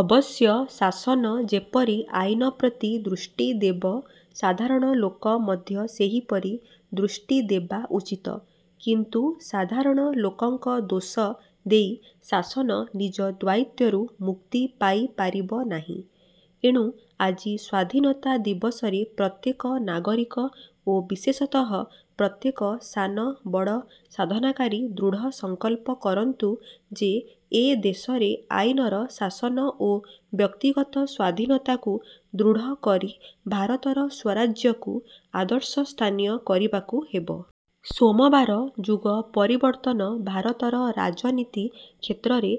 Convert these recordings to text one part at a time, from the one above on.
ଅବଶ୍ୟ ଶାସନ ଯେପରି ଆଇନପ୍ରତି ଦୃଷ୍ଟି ଦେବ ସାଧାରଣ ଲୋକ ମଧ୍ୟ ସେହିପରି ଦୃଷ୍ଟି ଦେବା ଉଚିତ। କିନ୍ତୁ ସାଧାରଣ ଲୋକଙ୍କ ଦୋଷ ଦେଇ ଶାସନ ନିଜ ଦାୟିତ୍ୱରୁ ମୁକ୍ତି ପାଇ ପାରିବ ନାହିଁ। ଏଣୁ ଆଜି ସ୍ୱାଧୀନତା ଦିବସରେ ପ୍ରତ୍ୟେକ ନାଗରିକ ଓ ବିଶେଷତଃ ପ୍ରତ୍ୟେକ ସାନ ବଡ଼ ଶାସନାଧିକାରୀ ଦୃଢ଼ ସଂକଳ୍ପ କରନ୍ତୁ ଯେ ଏ ଦେଶରେ ଆଇନର ଶାସନ ଓ ବ୍ୟକ୍ତିଗତ ସ୍ୱାଧୀନତାକୁ ଦୃଢ଼ କରି ଭାରତର ସ୍ୱରାଜ୍ୟକୁ ଆଦର୍ଶସ୍ଥାନୀୟ କରିବାକୁ ହେବ। ସୋମବାର ଯୁଗ ପରିବର୍ତ୍ତନ ଭାରତର ରାଜନୀତି କ୍ଷେତ୍ରରେ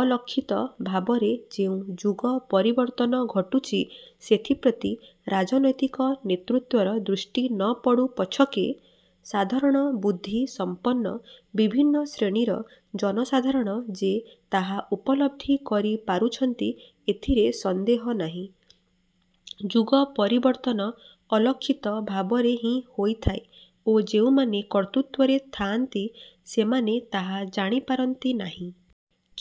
ଅଲକ୍ଷିତ ଭାବରେ ଯେଉଁ ଯୁଗ ପରିବର୍ତ୍ତନ ଘଟୁଛି ସେଥିପ୍ରତି ରାଜନୈତିକ ନେତୃତ୍ୱର ଦୃଷ୍ଟି ନପଡ଼ୁ ପଛକେ, ସାଧାରଣ ବୁଦ୍ଧି ସମ୍ପନ୍ନ ବିଭିନ୍ନ ଶ୍ରେଣୀର ଜନସାଧାରଣ ଯେ ତାହା ଉପଲବ୍ଧି କରି ପାରୁଛନ୍ତି ଏଥିରେ ସନ୍ଦେହ ନାହିଁ। ଯୁଗ ପରିବର୍ତ୍ତନ ଅଲକ୍ଷିତ ଭାବରେ ହିଁ ହୋଇଥାଏ ଓ ଯେଉଁମାନେ କର୍ତ୍ତୃତ୍ୱରେ ଥାଆନ୍ତି ସେମାନେ ତାହା ଜାଣିପାରନ୍ତି ନାହିଁ।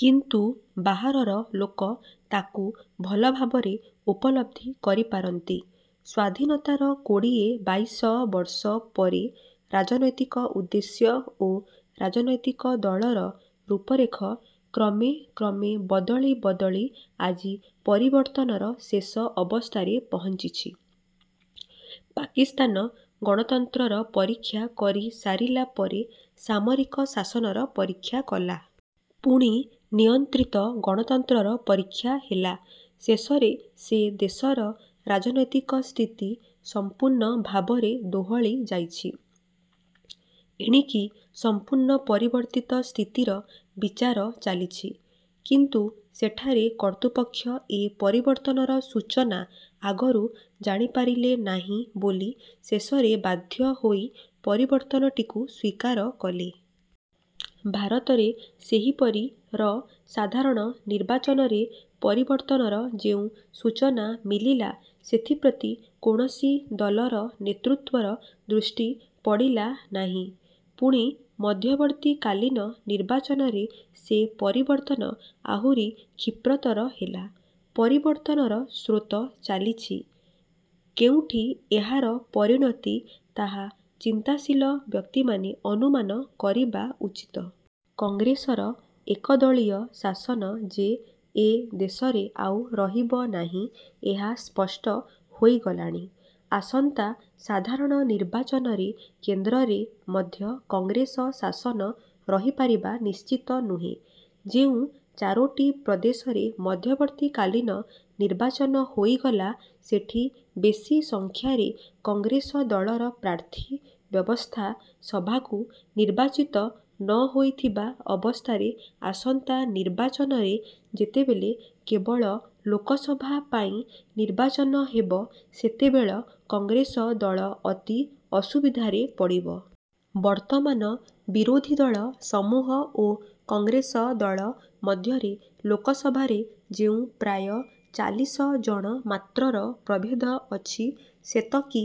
କିନ୍ତୁ ବାହାରର ଲୋକ ତା'କୁ ଭଲଭାବରେ ଉପଲବ୍ଧି କରିପାରନ୍ତି। ସ୍ୱାଧୀନତାର କୋଡ଼ିଏ ବାଇଶବର୍ଷ ପରେ ରାଜନୈତିକ ଉଦ୍ଦେଶ୍ୟ ଓ ରାଜନୈତିକ ଦଳର ରୂପରେଖ କ୍ରମେ କ୍ରମେ ବଦଳି ବଦଳି ଆଜି ପରିବର୍ତ୍ତନର ଶେଷ ଅବସ୍ଥାରେ ପହଞ୍ଚିଛି। ପାକିସ୍ତାନ ଗଣତନ୍ତ୍ରର ପରୀକ୍ଷା କରି ସାରିଲାପରେ ସାମରିକ ଶାସନର ପରୀକ୍ଷା କଲା। ପୁଣି ନିୟନ୍ତ୍ରିତ ଗଣତନ୍ତ୍ରର ପରୀକ୍ଷା ହେଲା। ଶେଷରେ ସେ ଦେଶର ରାଜନୈତିକ ସ୍ଥିତି ସମ୍ପୂର୍ଣ୍ଣ ଭାବରେ ଦୋହଲି ଯାଇଛି। ଏଣିକି ସମ୍ପୂର୍ଣ୍ଣ ପରିବର୍ତ୍ତିତ ସ୍ଥିତିର ବିଚାର ଚାଲିଛି। କିନ୍ତୁ ସେଠାରେ କର୍ତ୍ତୃପକ୍ଷ ଏ ପରିବର୍ତ୍ତନର ସୂଚନା ଆଗରୁ ଜାଣିପାରିଲେ ନାହିଁ ବୋଲି ଶେଷରେ ବାଧ୍ୟ ହୋଇ ପରିବର୍ତ୍ତନଟିକୁ ସ୍ୱୀକାର କଲେ। ଭାରତରେ ସେହିପରି ର ସାଧାରଣ ନିର୍ବାଚନରେ ପରିବର୍ତ୍ତନର ଯେଉଁ ସୂଚନା ମିଳିଲା ସେଥିପ୍ରତି କୌଣସି ଦଳର ନେତୃତ୍ୱର ଦୃଷ୍ଟି ପଡ଼ିଲା ନାହିଁ। ପୁଣି ମଧ୍ୟବର୍ତ୍ତୀକାଳୀନ ନିର୍ବାଚନରେ ସେ ପରିବର୍ତ୍ତନ ଆହୁରି କ୍ଷିପ୍ରତର ହେଲା। ପରିବର୍ତ୍ତନର ସ୍ରୋତ ଚାଲିଛି। କେଉଁଠି ଏହାର ପରିଣତି ତାହା ଚିନ୍ତାଶୀଳ ବ୍ୟକ୍ତିମାନେ ଅନୁମାନ କରିବା ଉଚିତ। କଂଗ୍ରେସର ଏକ-ଦଳୀୟ ଶାସନ ଯେ ଏ ଦେଶରେ ଆଉ ରହିବ ନାହିଁ, ଏହା ସ୍ପଷ୍ଟ ହୋଇଗଲାଣି। ଆସନ୍ତା ସାଧାରଣ ନିର୍ବାଚନରେ କେନ୍ଦ୍ରରେ ମଧ୍ୟ କଂଗ୍ରେସ ଶାସନ ରହିପାରିବା ନିଶ୍ଚିତ ନୁହେଁ। ଯେଉଁ ଚାରୋଟି ପ୍ରଦେଶରେ ମଧ୍ୟବର୍ତ୍ତୀକାଳୀନ ନିର୍ବାଚନ ହୋଇଗଲା ସେଠି ବେଶି ସଂଖ୍ୟାରେ କଂଗ୍ରେସ ଦଳର ପ୍ରାର୍ଥୀ ବ୍ୟବସ୍ଥା ସଭାକୁ ନିର୍ବାଚିତ ନହୋଇଥିବା ଅବସ୍ଥାରେ ଆସନ୍ତା ନିର୍ବାଚନରେ ଯେତେବେଳେ କେବଳ ଲୋକସଭା ପାଇଁ ନିର୍ବାଚନ ହେବ ସେତେବେଳ କଂଗ୍ରେସ ଦଳ ଅତି ଅସୁବିଧାରେ ପଡ଼ିବ। ବର୍ତ୍ତମାନ ବିରୋଧୀଦଳ ସମୂହ ଓ କଂଗ୍ରେସ ଦଳ ମଧ୍ୟରେ ଲୋକସଭାରେ ଯେଉଁ ପ୍ରାୟ ଚାଳିଶ ଜଣ ମାତ୍ରର ପ୍ରଭେଦ ଅଛି ସେତକି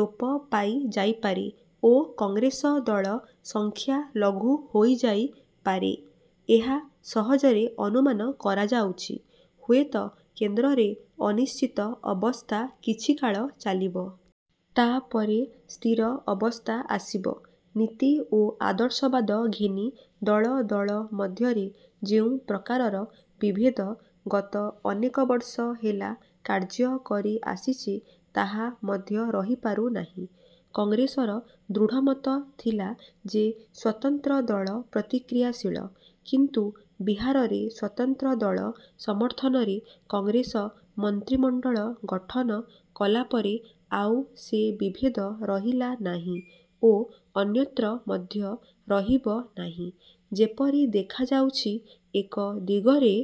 ଲୋପ ପାଇ ଯାଇପାରେ ଓ କଂଗ୍ରେସ ଦଳ ସଂଖ୍ୟା ଲଘୁ ହୋଇଯାଇ ପାରେ- ଏହା ସହଜରେ ଅନୁମାନ କରାଯାଉଛି। ହୁଏତ କେନ୍ଦ୍ରରେ ଅନିଶ୍ଚିତ ଅବସ୍ଥା କିଛିକାଳ ଚାଲିବ। ତା'ପରେ ସ୍ଥିର ଅବସ୍ଥା ଆସିବ। ନୀତି ଓ ଆଦର୍ଶବାଦ ଘେନି ଦଳ ଦଳ ମଧ୍ୟରେ ଯେଉଁ ପ୍ରକାରର ବିଭେଦ ଗତ ଅନେକବର୍ଷ ହେଲା କାର୍ଯ୍ୟ କରି ଆସିଛି ତାହା ମଧ୍ୟ ରହିପାରୁନାହିଁ। କଂଗ୍ରେସର ଦୃଢ଼ମତ ଥିଲା ଯେ ସ୍ୱତନ୍ତ୍ର ଦଳ ପ୍ରତିକ୍ରିୟାଶୀଳ। କିନ୍ତୁ ବିହାରରେ ସ୍ୱତନ୍ତ୍ର ଦଳ ସମର୍ଥନରେ କଂଗ୍ରେସ ମନ୍ତ୍ରିମଣ୍ଡଳ ଗଠନ କଲାପରେ ଆଉ ସେ ବିଭେଦ ରହିଲା ନାହିଁ ଓ ଅନ୍ୟତ୍ର ମଧ୍ୟ ରହିବ ନାହିଁ। ଯେପରି ଦେଖାଯାଉଛି ଏକ ଦିଗରେ